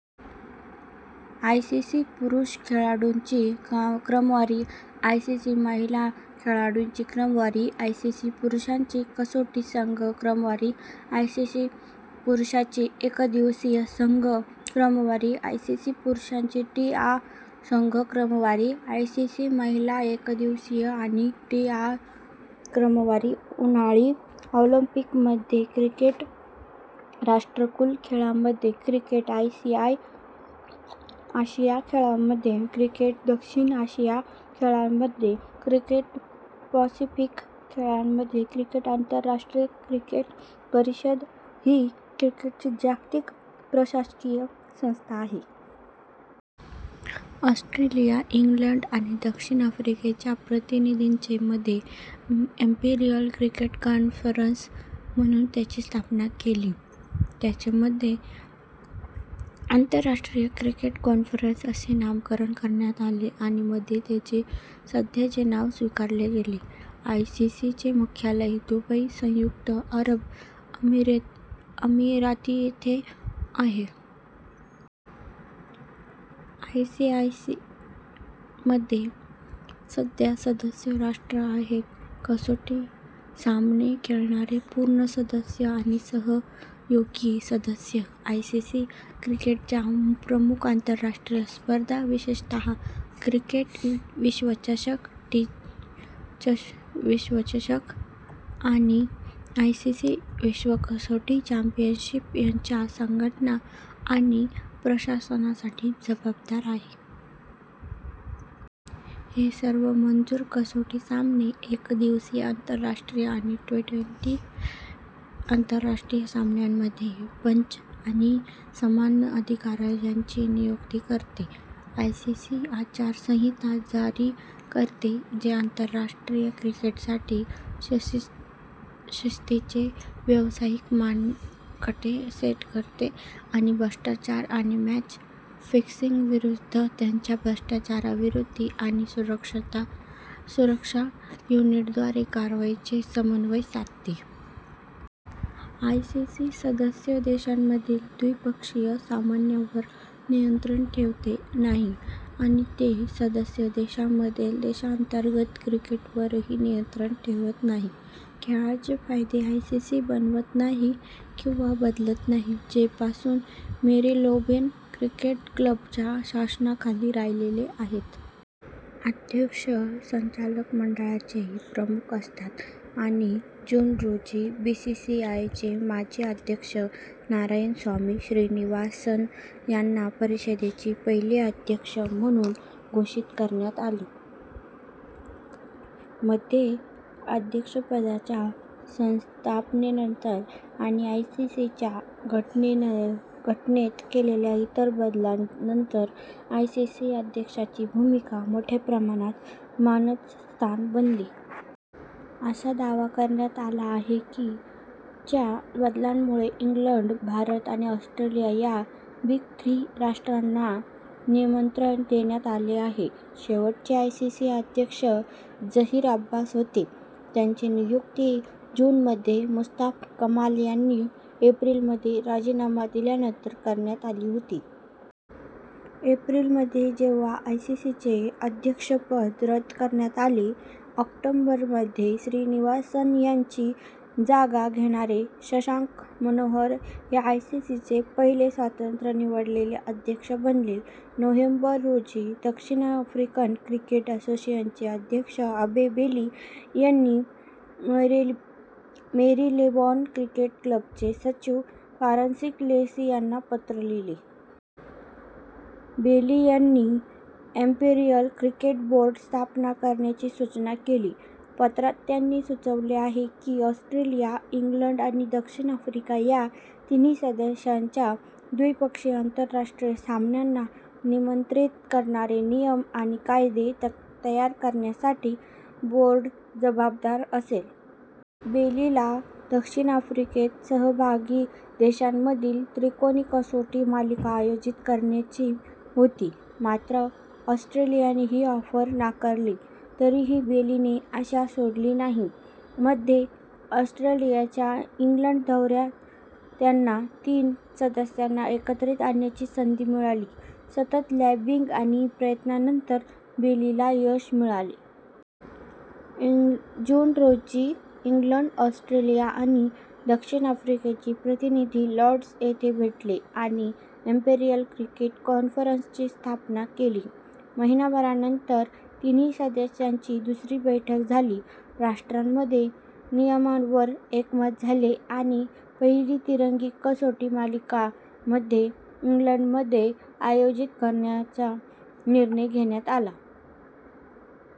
ICC पुरुष खेळाडूंची क्रमवारी आयसीसी महिला खेळाडूंची क्रमवारी आयसीसी पुरुषांची कसोटी संघ क्रमवारी आयसीसी पुरुषांची एकदिवसीय संघ क्रमवारी आयसीसी पुरुषांची टी आ संघ क्रमवारी आयसीसी महिला एकदिवसीय आणि टी आ क्रमवारी उन्हाळी ऑलिंपिकमध्ये क्रिकेट राष्ट्रकुल खेळांमध्ये क्रिकेट आशियाई खेळांमध्ये क्रिकेट दक्षिण आशियाई खेळांमध्ये क्रिकेट पॅसिफिक खेळांमध्ये क्रिकेट आंतरराष्ट्रीय क्रिकेट परिषद ही क्रिकेटची जागतिक प्रशासकीय संस्था आहे. ऑस्ट्रेलिया, इंग्लंड आणि दक्षिण आफ्रिकेच्या प्रतिनिधींनी मध्ये "इम्पीरियल क्रिकेट कॉन्फरन्स" म्हणून त्याची स्थापना केली. त्याचे मध्ये आंतरराष्ट्रीय क्रिकेट कॉन्फरन्स असे नामकरण करण्यात आले आणि मध्ये त्याचे सध्याचे नाव स्वीकारले गेले. आयसीसी चे मुख्यालय दुबई, संयुक्त अरब अमिराती येथे आहे. आयसीसी मध्ये सध्या सदस्य राष्ट्रे आहेत: कसोटी सामने खेळणारे पूर्ण सदस्य आणि सहयोगी सदस्य. आयसीसी क्रिकेटच्या प्रमुख आंतरराष्ट्रीय स्पर्धा, विशेषतः क्रिकेट विश्वचषक, टी- विश्वचषक आणि आयसीसी विश्व कसोटी चॅम्पियनशिप यांच्या संघटना आणि प्रशासनासाठी जबाबदार आहे. हे सर्व मंजूर कसोटी सामने, एक दिवसीय आंतरराष्ट्रीय आणि ट्वेंटी- आंतरराष्ट्रीय सामन्यांमध्ये पंच आणि सामनाधिकारी यांची नियुक्ती करते. आयसीसी आचारसंहिता जारी करते, जे आंतरराष्ट्रीय क्रिकेटसाठी शिस्तीचे व्यावसायिक मानके सेट करते आणि भ्रष्टाचार आणि मॅच फिक्सिंगविरुद्ध त्याच्या भ्रष्टाचारविरोधी आणि सुरक्षा युनिटद्वारे कारवाईचे समन्वय साधते. आयसीसी सदस्य देशांमधील द्विपक्षीय सामन्यांवर नियंत्रण ठेवत नाही आणि ते सदस्य देशांमधील देशांतर्गत क्रिकेटवरही नियंत्रण ठेवत नाही. खेळाचे कायदे आयसीसी बनवत नाही किंवा बदलत नाही, जे पासून मेरीलेबोन क्रिकेट क्लबच्या शासनाखाली राहिले आहेत. अध्यक्ष संचालक मंडळाचे प्रमुख असतात आणि जून रोजी, बीसीसीआयचे माजी अध्यक्ष नारायणस्वामी श्रीनिवासन यांना परिषदेचे पहिले अध्यक्ष म्हणून घोषित करण्यात आले. मध्ये अध्यक्षपदाच्या स्थापनेनंतर आणि आयसीसीच्या घटनेत केलेल्या इतर बदलांनंतर आयसीसी अध्यक्षाची भूमिका मोठ्या प्रमाणात मानद स्थान बनली. असा दावा करण्यात आला आहे की च्या बदलांमुळे इंग्लंड, भारत आणि ऑस्ट्रेलिया या 'बिग थ्री' राष्ट्रांना नियंत्रण देण्यात आले आहे. शेवटचे आयसीसी अध्यक्ष झहीर अब्बास होते, त्यांची नियुक्ती जून मध्ये मुस्तफा कमाल यांनी एप्रिल मध्ये राजीनामा दिल्यानंतर करण्यात आली होती. एप्रिल मध्ये जेव्हा आयसीसी अध्यक्षपद रद्द करण्यात आले, ऑक्टोबर मध्ये श्रीनिवासन यांची जागा घेणारे शशांक मनोहर हे आयसीसीचे पहिले स्वतंत्र निवडलेले अध्यक्ष बनले. नोव्हेंबर रोजी, दक्षिण आफ्रिकन क्रिकेट असोसिएशनचे अध्यक्ष अबे बेली यांनी मेरीलेबोन क्रिकेट क्लबचे सचिव, फ्रान्सिस लेसी यांना पत्र लिहिले. बेली यांनी 'इम्पीरियल क्रिकेट बोर्ड' स्थापन करण्याची सूचना केली. पत्रात त्यांनी सुचवले आहे की ऑस्ट्रेलिया, इंग्लंड आणि दक्षिण आफ्रिका या तिन्ही सदस्यांच्या द्विपक्षीय आंतरराष्ट्रीय सामन्यांना नियंत्रित करणारे नियम आणि कायदे तयार करण्यासाठी बोर्ड जबाबदार असेल. बेलीला दक्षिण आफ्रिकेत सहभागी देशांमधील त्रिकोणी कसोटी मालिका आयोजित करायची होती. मात्र, ऑस्ट्रेलियाने ही ऑफर नाकारली. तरीही बेलीने आशा सोडली नाही. मध्ये ऑस्ट्रेलियाच्या इंग्लंड दौऱ्यात त्यांना तीन सदस्यांना एकत्र आणण्याची संधी मिळाली. सतत लॉबिंग आणि प्रयत्नांनंतर, बेलीला यश मिळाले. जून रोजी, इंग्लंड, ऑस्ट्रेलिया आणि दक्षिण आफ्रिकेचे प्रतिनिधी लॉर्ड्स येथे भेटले आणि इम्पीरियल क्रिकेट कॉन्फरन्स ची स्थापना केली. महिनाभरानंतर तिन्ही सदस्यांची दुसरी बैठक झाली. राष्ट्रांमध्ये नियमांवर एकमत झाले आणि पहिली तिरंगी कसोटी मालिका मध्ये इंग्लंडमध्ये आयोजित करण्याचा निर्णय घेण्यात आला.